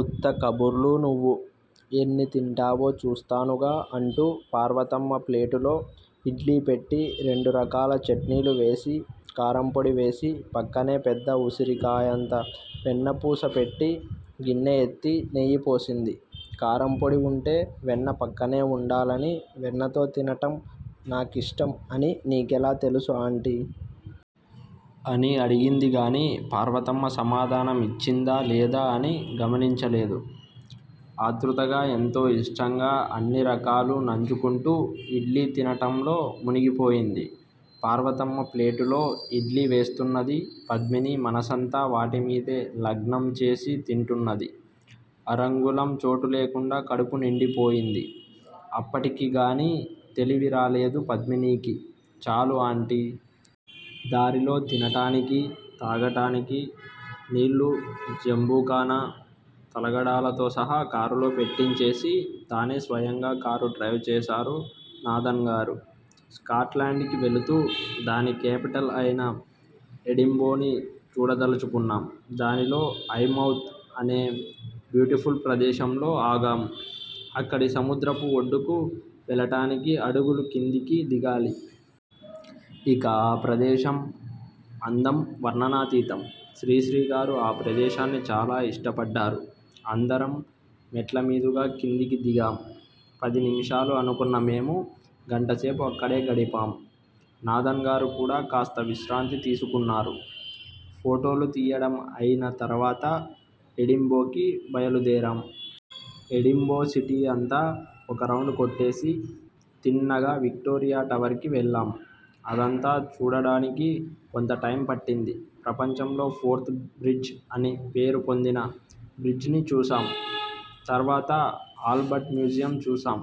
ఉత్త కబుర్లు నువ్వు ఎన్ని తింటావో చూస్తానుగా అంటూ పార్వతమ్మ ప్లేటులో ఇడ్లీ పెట్టి రెండు రకాల చట్నీలు వేసి కారంపొడి వేసి పక్కనే పెద్ద ఉసిరికాయంత వెన్నపూస పెట్టి గిన్నె ఎత్తి నెయ్యి పోసింది. కారంపొడి వుంటే వెన్న పక్కనే వుండాలని వెన్నతో తినటం నాకిష్టం అని నీకెలా తెలుసు ఆంటీ! అని అడిగిందిగాని పార్వతమ్మ సమాధానం యిచ్చిందా లేదా అని గమనించలేదు. ఆతృతగ ఎంతో యిష్టంగా అన్నిరకాలు నంజుకుంటూ ఇడ్లీ తినటంలో మునిగిపోయింది. పార్వతమ్మ ప్లేటులో ఇడ్లీ వేస్తున్నది. పద్మిని మనసంతా వాటిమీదే లగ్నంచేసి తింటున్నది. అరంగుళం చోటులేకుండా కడుపు నిండిపోయింది. అప్పటికిగాని తెలివిరాలేదు పద్మినికి. చాలు ఆంటీ! దారిలో తినటానికి, తాగటానికి నీళ్ళూ, జెంబుకానా, తలగడాలతో సహా కారులో పెట్టించేసి, తానే స్వయంగా కారు డ్రైవ్ చేశారు నాదన్ గారు. స్కాట్ లాండ్ కి వెళుతూ దాని కేపిటల్ అయిన ఎడింబోని చూడదలచుకున్నాం. దానిలో 'ఐ మౌత్' అనే బ్యూటిఫుల్ ప్రదేశంలో ఆగాం. అక్కడి సముద్రపు ఒడ్డుకు వెళ్ళటానికి అడుగులు కిందికి దిగాలి. ఇక ఆ ప్రదేశం అందం వర్ణనాతీతం. శ్రీశ్రీగారు ఆ ప్రదేశాన్ని చాలా ఇష్టపడ్డారు. అందరం మెట్లమీదుగా కిందకి దిగాం. పది నిమిషాలు అనుకున్న మేము గంటసేపు అక్కడే గడిపాం. నాదన్ గారు కూడా కాస్త విశ్రాంతి తీసుకున్నారు. ఫోటోలు తియ్యడం అయిన తర్వాత ఎడింబోకి బయలుదేరాం. ఎడింబో సిటీ అంతా ఒక రౌండ్ కొట్టేసి, తిన్నగా విక్టోరియా టవర్ కి వెళ్ళాం. అదంతా చూడడానికి కొంత టైం పట్టింది. ప్రపంచంలో ఫోర్త్ బ్రిడ్జ్ అని పేరు పొందిన బ్రిడ్జ్ ని చూశాం. తర్వాత ఆల్బర్ట్ మ్యూజియం చూశాం.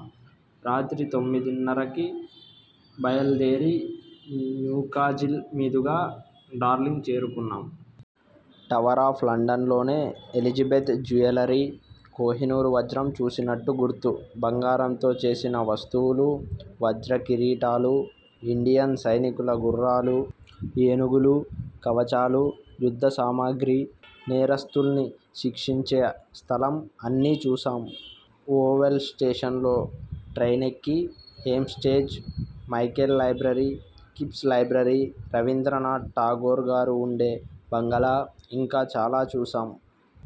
రాత్రి తొమ్మిదిన్నరకి బయల్దేరి న్యూకాజిల్ మీదుగా డార్లింగ్ చేరుకున్నాం. టవరాఫ్ లండన్లోనే ఎలిజిబెత్ జ్యూయలరీ కోహినూరు వజ్రం చూసినట్టు గుర్తు. బంగారంతో చేసిన వస్తువులు, వజ్రకిరీటాలు, ఇండియన్ సైనికుల గుర్రాలూ, ఏనుగులూ, కవచాలూ, యుద్ధసామాగ్రి, నేరస్థుల్ని శిక్షించే స్థలం అన్నీ చూశాం. ఓవల్ స్టేషన్ లో ట్రైనెక్కి హేమ్ స్టేజ్, Michael library, Kips library, Rabindranath Tagore గారు వుండే బంగళా, ఇంకా చాలా చూశాం.